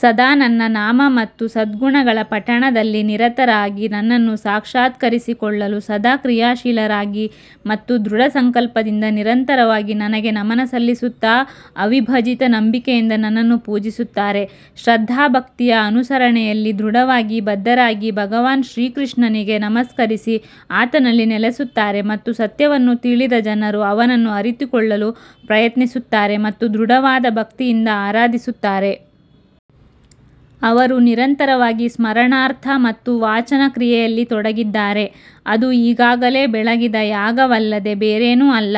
ಸದಾ ನನ್ನ ನಾಮ ಮತ್ತು ಸದ್ಗುಣಗಳ ಪಠಣದಲ್ಲಿ ನಿರತರಾಗಿ ನನ್ನನ್ನು ಸಾಕ್ಷಾತ್ಕರಿಸಿಕೊಳ್ಳಲು ಸದಾ ಕ್ರಿಯಾಶೀಲರಾಗಿ ಮತ್ತು ದೃಢ ಸಂಕಲ್ಪದಿಂದ ನಿರಂತರವಾಗಿ ನನಗೆ ನಮನ ಸಲ್ಲಿಸುತ್ತಾ ಅವಿಭಜಿತ ನಂಬಿಕೆಯಿಂದ ನನ್ನನ್ನು ಪೂಜಿಸುತ್ತಾರೆ. ಶ್ರದ್ಧಾಭಕ್ತಿಯ ಅನುಸರಣೆಯಲ್ಲಿ ದೃಢವಾಗಿ ಬದ್ಧರಾಗಿ ಭಗವಾನ್ ಶ್ರೀಕೃಷ್ಣನಿಗೆ ನಮಸ್ಕರಿಸಿ ಆತನಲ್ಲಿ ನೆಲೆಸುತ್ತಾರೆ ಮತ್ತು ಸತ್ಯವನ್ನು ತಿಳಿದ ಜನರು ಅವನನ್ನು ಅರಿತುಕೊಳ್ಳಲು ಪ್ರಯತ್ನಿಸುತ್ತಾರೆ ಮತ್ತು ದೃಢವಾದ ಭಕ್ತಿಯಿಂದ ಆರಾಧಿಸುತ್ತಾರೆ. ಅವರು ನಿರಂತರವಾಗಿ ಸ್ಮರಣಾರ್ಥ ಮತ್ತು ವಾಚನ ಕ್ರಿಯೆಯಲ್ಲಿ ತೊಡಗಿದ್ದಾರೆ, ಅದು ಈಗಾಗಲೇ ಬೆಳಗಿದ ಯಾಗವಲ್ಲದೆ ಬೇರೇನೂ ಅಲ್ಲ.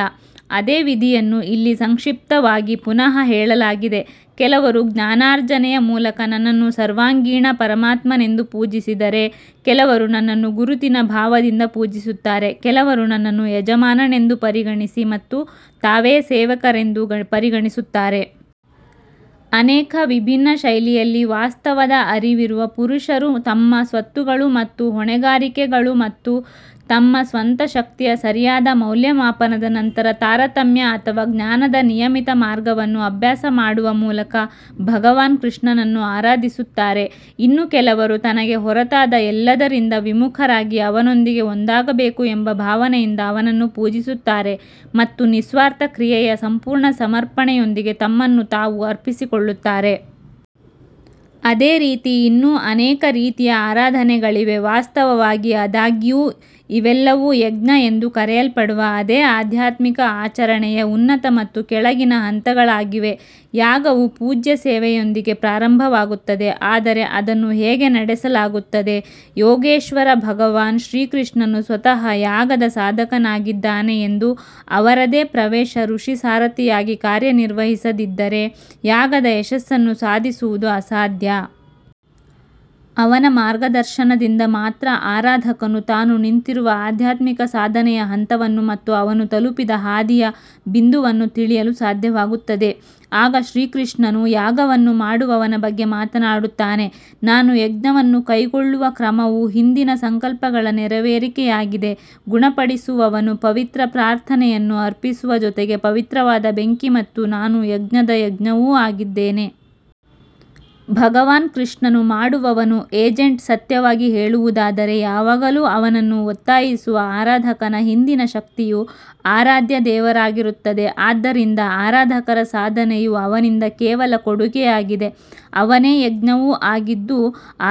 ಅದೇ ವಿಧಿಯನ್ನು ಇಲ್ಲಿ ಸಂಕ್ಷಿಪ್ತವಾಗಿ ಪುನಃ ಹೇಳಲಾಗಿದೆ ಕೆಲವರು ಜ್ಞಾನಾರ್ಜನೆಯ ಮೂಲಕ ನನ್ನನ್ನು ಸರ್ವಾಂಗೀಣ ಪರಮಾತ್ಮನೆಂದು ಪೂಜಿಸಿದರೆ ಕೆಲವರು ನನ್ನನ್ನು ಗುರುತಿನ ಭಾವದಿಂದ ಪೂಜಿಸುತ್ತಾರೆ ಕೆಲವರು ನನ್ನನ್ನು ಯಜಮಾನನೆಂದು ಪರಿಗಣಿಸಿ ಮತ್ತು ತಾವೇ ಸೇವಕರೆಂದು ಪರಿಗಣಿಸುತ್ತಾರೆ. ಅನೇಕ ವಿಭಿನ್ನ ಶೈಲಿಯಲ್ಲಿ ವಾಸ್ತವದ ಅರಿವಿರುವ ಪುರುಷರು ತಮ್ಮ ಸ್ವತ್ತುಗಳು ಮತ್ತು ಹೊಣೆಗಾರಿಕೆಗಳು ಮತ್ತು ತಮ್ಮ ಸ್ವಂತ ಶಕ್ತಿಯ ಸರಿಯಾದ ಮೌಲ್ಯಮಾಪನದ ನಂತರ ತಾರತಮ್ಯ ಅಥವಾ ಜ್ಞಾನದ ನಿಯಮಿತ ಮಾರ್ಗವನ್ನು ಅಭ್ಯಾಸ ಮಾಡುವ ಮೂಲಕ ಭಗವಾನ್ ಕೃಷ್ಣನನ್ನು ಆರಾಧಿಸುತ್ತಾರೆ. ಇನ್ನು ಕೆಲವರು ತನಗೆ ಹೊರತಾದ ಎಲ್ಲದರಿಂದ ವಿಮುಖರಾಗಿ ಅವನೊಂದಿಗೆ ಒಂದಾಗಬೇಕು ಎಂಬ ಭಾವನೆಯಿಂದ ಅವನನ್ನು ಪೂಜಿಸುತ್ತಾರೆ ಮತ್ತು ನಿಸ್ವಾರ್ಥ ಕ್ರಿಯೆಯ ಸಂಪೂರ್ಣ ಸಮರ್ಪಣೆಯೊಂದಿಗೆ ತಮ್ಮನ್ನು ತಾವು ಅರ್ಪಿಸಿಕೊಳ್ಳುತ್ತಾರೆ. ಅದೇ ರೀತಿ ಇನ್ನೂ ಅನೇಕ ರೀತಿಯ ಆರಾಧನೆಗಳಿವೆ ವಾಸ್ತವವಾಗಿ ಆದಾಗ್ಯೂ ಇವೆಲ್ಲವೂ ಯಜ್ಞ ಎಂದು ಕರೆಯಲ್ಪಡುವ ಅದೇ ಆಧ್ಯಾತ್ಮಿಕ ಆಚರಣೆಯ ಉನ್ನತ ಮತ್ತು ಕೆಳಗಿನ ಹಂತಗಳಾಗಿವೆ ಯಾಗವು ಪೂಜ್ಯ ಸೇವೆಯೊಂದಿಗೆ ಪ್ರಾರಂಭವಾಗುತ್ತದೆ ಆದರೆ ಅದನ್ನು ಹೇಗೆ ನಡೆಸಲಾಗುತ್ತದೆ ಯೋಗೇಶ್ವರ ಭಗವಾನ್ ಶ್ರೀ ಕೃಷ್ಣನು ಸ್ವತಃ ಯಾಗದ ಸಾಧಕನಾಗಿದ್ದಾನೆ ಎಂದು ಅವರದೇ ಪ್ರವೇಶ ಋಷಿ ಸಾರಥಿಯಾಗಿ ಕಾರ್ಯನಿರ್ವಹಿಸದಿದ್ದರೆ ಯಾಗದ ಯಶಸ್ಸನ್ನು ಸಾಧಿಸುವುದು ಅಸಾಧ್ಯ. ಅವನ ಮಾರ್ಗದರ್ಶನದಿಂದ ಮಾತ್ರ ಆರಾಧಕನು ತಾನು ನಿಂತಿರುವ ಆಧ್ಯಾತ್ಮಿಕ ಸಾಧನೆಯ ಹಂತವನ್ನು ಮತ್ತು ಅವನು ತಲುಪಿದ ಹಾದಿಯ ಬಿಂದುವನ್ನು ತಿಳಿಯಲು ಸಾಧ್ಯವಾಗುತ್ತದೆ. ಆಗ ಶ್ರೀಕೃಷ್ಣನು ಯಾಗವನ್ನು ಮಾಡುವವನ ಬಗ್ಗೆ ಮಾತನಾಡುತ್ತಾನೆ ನಾನು ಯಜ್ಞವನ್ನು ಕೈಗೊಳ್ಳುವ ಕ್ರಮವು ಹಿಂದಿನ ಸಂಕಲ್ಪಗಳ ನೆರವೇರಿಕೆಯಾಗಿದೆ ಗುಣಪಡಿಸುವವನು ಪವಿತ್ರ ಪ್ರಾರ್ಥನೆಯನ್ನು ಅರ್ಪಿಸುವ ಜೊತೆಗೆ ಪವಿತ್ರವಾದ ಬೆಂಕಿ ಮತ್ತು ನಾನು ಯಜ್ಞದ ಯಜ್ಞವೂ ಆಗಿದ್ದೇನೆ. ಭಗವಾನ್ ಕೃಷ್ಣನು ಮಾಡುವವನು ಏಜೆಂಟ್ ಸತ್ಯವಾಗಿ ಹೇಳುವುದಾದರೆ ಯಾವಾಗಲೂ ಅವನನ್ನು ಒತ್ತಾಯಿಸುವ ಆರಾಧಕನ ಹಿಂದಿನ ಶಕ್ತಿಯು ಆರಾಧ್ಯ ದೇವರಾಗಿರುತ್ತದೆ ಆದ್ದರಿಂದ ಆರಾಧಕರ ಸಾಧನೆಯು ಅವನಿಂದ ಕೇವಲ ಕೊಡುಗೆಯಾಗಿದೆ ಅವನೇ ಯಜ್ಞವೂ ಆಗಿದ್ದು,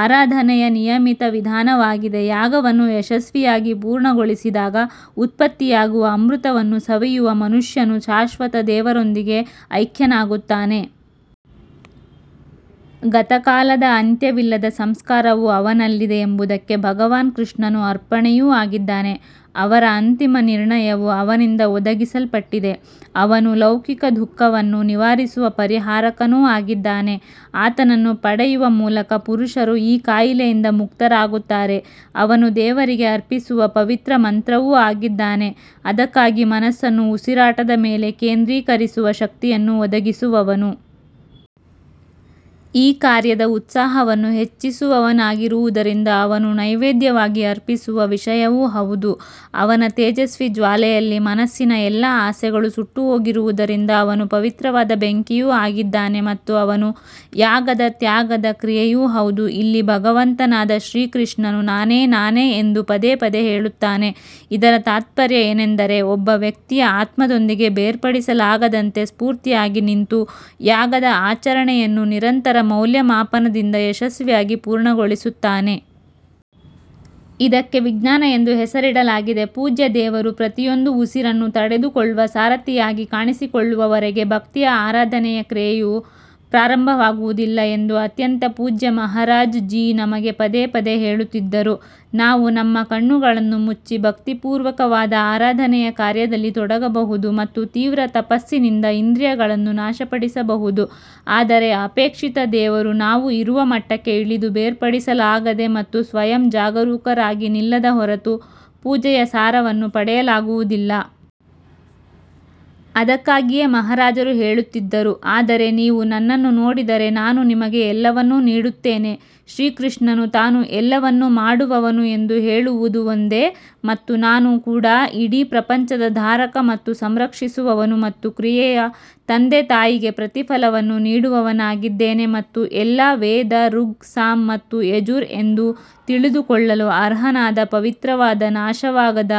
ಆರಾಧನೆಯ ನಿಯಮಿತ ವಿಧಾನವಾಗಿದೆ ಯಾಗವನ್ನು ಯಶಸ್ವಿಯಾಗಿ ಪೂರ್ಣಗೊಳಿಸಿದಾಗ ಉತ್ಪತ್ತಿಯಾಗುವ ಅಮೃತವನ್ನು ಸವಿಯುವ ಮನುಷ್ಯನು ಶಾಶ್ವತ ದೇವರೊಂದಿಗೆ ಐಕ್ಯನಾಗುತ್ತಾನೆ. ಗತಕಾಲದ ಅಂತ್ಯವಿಲ್ಲದ ಸಂಸ್ಕಾರವು ಅವನಲ್ಲಿದೆ ಎಂಬುದಕ್ಕೆ ಭಗವಾನ್ ಕೃಷ್ಣನು ಅರ್ಪಣೆಯೂ ಆಗಿದ್ದಾನೆ, ಅವರ ಅಂತಿಮ ನಿರ್ಣಯವು ಅವನಿಂದ ಒದಗಿಸಲ್ಪಟ್ಟಿದೆ. ಅವನು ಲೌಕಿಕ ದುಃಖವನ್ನು ನಿವಾರಿಸುವ ಪರಿಹಾರಕನೂ ಆಗಿದ್ದಾನೆ ಆತನನ್ನು ಪಡೆಯುವ ಮೂಲಕ ಪುರುಷರು ಈ ಕಾಯಿಲೆಯಿಂದ ಮುಕ್ತರಾಗುತ್ತಾರೆ ಅವನು ದೇವರಿಗೆ ಅರ್ಪಿಸುವ ಪವಿತ್ರ ಮಂತ್ರವೂ ಆಗಿದ್ದಾನೆ ಅದಕ್ಕಾಗಿ ಮನಸ್ಸನ್ನು ಉಸಿರಾಟದ ಮೇಲೆ ಕೇಂದ್ರೀಕರಿಸುವ ಶಕ್ತಿಯನ್ನು ಒದಗಿಸುವವನು. ಈ ಕಾರ್ಯದ ಉತ್ಸಾಹವನ್ನು ಹೆಚ್ಚಿಸುವವನಾಗಿರುವುದರಿಂದ ಅವನು ನೈವೇದ್ಯವಾಗಿ ಅರ್ಪಿಸುವ ವಿಷಯವೂ ಹೌದು ಅವನ ತೇಜಸ್ವಿ ಜ್ವಾಲೆಯಲ್ಲಿ ಮನಸ್ಸಿನ ಎಲ್ಲಾ ಆಸೆಗಳು ಸುಟ್ಟುಹೋಗಿರುವುದರಿಂದ ಅವನು ಪವಿತ್ರವಾದ ಬೆಂಕಿಯೂ ಆಗಿದ್ದಾನೆ ಮತ್ತು ಅವನು ಯಾಗದ ತ್ಯಾಗದ ಕ್ರಿಯೆಯೂ ಹೌದು ಇಲ್ಲಿ ಭಗವಂತನಾದ ಶ್ರೀಕೃಷ್ಣನು ನಾನೇ ನಾನೇ ಎಂದು ಪದೇ ಪದೇ ಹೇಳುತ್ತಾನೆ ಇದರ ತಾತ್ಪರ್ಯ ಏನೆಂದರೆ, ಒಬ್ಬ ವ್ಯಕ್ತಿಯ ಆತ್ಮದೊಂದಿಗೆ ಬೇರ್ಪಡಿಸಲಾಗದಂತೆ ಸ್ಫೂರ್ತಿಯಾಗಿ ನಿಂತು ಯಾಗದ ಆಚರಣೆಯನ್ನು ನಿರಂತರ ಮೌಲ್ಯಮಾಪನದಿಂದ ಯಶಸ್ವಿಯಾಗಿ ಪೂರ್ಣಗೊಳಿಸುತ್ತಾನೆ. ಇದಕ್ಕೆ ವಿಜ್ಞಾನ ಎಂದು ಹೆಸರಿಡಲಾಗಿದೆ ಪೂಜ್ಯ ದೇವರು ಪ್ರತಿಯೊಂದು ಉಸಿರನ್ನು ತಡೆದುಕೊಳ್ಳುವ ಸಾರಥಿಯಾಗಿ ಕಾಣಿಸಿಕೊಳ್ಳುವವರೆಗೆ ಭಕ್ತಿಯ ಆರಾಧನೆಯ ಕ್ರಿಯೆಯು ಪ್ರಾರಂಭವಾಗುವುದಿಲ್ಲ ಎಂದು ಅತ್ಯಂತ ಪೂಜ್ಯ ಮಹಾರಾಜ್ ಜೀ ನಮಗೆ ಪದೇ ಪದೇ ಹೇಳುತ್ತಿದ್ದರು. ನಾವು ನಮ್ಮ ಕಣ್ಣುಗಳನ್ನು ಮುಚ್ಚಿ ಭಕ್ತಿಪೂರ್ವಕವಾದ ಆರಾಧನೆಯ ಕಾರ್ಯದಲ್ಲಿ ತೊಡಗಬಹುದು ಮತ್ತು ತೀವ್ರ ತಪಸ್ಸಿನಿಂದ ಇಂದ್ರಿಯಗಳನ್ನು ನಾಶಪಡಿಸಬಹುದು ಆದರೆ ಅಪೇಕ್ಷಿತ ದೇವರು ನಾವು ಇರುವ ಮಟ್ಟಕ್ಕೆ ಇಳಿದು ಬೇರ್ಪಡಿಸಲಾಗದೆ ಮತ್ತು ಸ್ವಯಂ ಜಾಗರೂಕರಾಗಿ ನಿಲ್ಲದ ಹೊರತು ಪೂಜೆಯ ಸಾರವನ್ನು ಪಡೆಯಲಾಗುವುದಿಲ್ಲ. ಅದಕ್ಕಾಗಿಯೇ ಮಹಾರಾಜರು ಹೇಳುತ್ತಿದ್ದರು, ಆದರೆ ನೀವು ನನ್ನನ್ನು ನೋಡಿದರೆ ನಾನು ನಿಮಗೆ ಎಲ್ಲವನ್ನೂ ನೀಡುತ್ತೇನೆ ಶ್ರೀಕೃಷ್ಣನು ತಾನು ಎಲ್ಲವನ್ನು ಮಾಡುವವನು ಎಂದು ಹೇಳುವುದು ಒಂದೇ ಮತ್ತು ನಾನು ಕೂಡ ಇಡೀ ಪ್ರಪಂಚದ ಧಾರಕ ಮತ್ತು ಸಂರಕ್ಷಿಸುವವನು ಮತ್ತು ಕ್ರಿಯೆಯ ತಂದೆ ತಾಯಿಗೆ ಪ್ರತಿಫಲವನ್ನು ನೀಡುವವನಾಗಿದ್ದೇನೆ ಮತ್ತು ಎಲ್ಲಾ ವೇದ ಋಗ್ ಸಾಮ್ ಮತ್ತು ಯಜುರ್ ಎಂದು ತಿಳಿದುಕೊಳ್ಳಲು ಅರ್ಹನಾದ ಪವಿತ್ರವಾದ ನಾಶವಾಗದ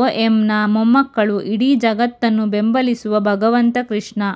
ಓಎಂನ ಮೊಮ್ಮಕ್ಕಳು ಇಡೀ ಜಗತ್ತನ್ನು ಬೆಂಬಲಿಸುವ ಭಗವಂತ ಕೃಷ್ಣ.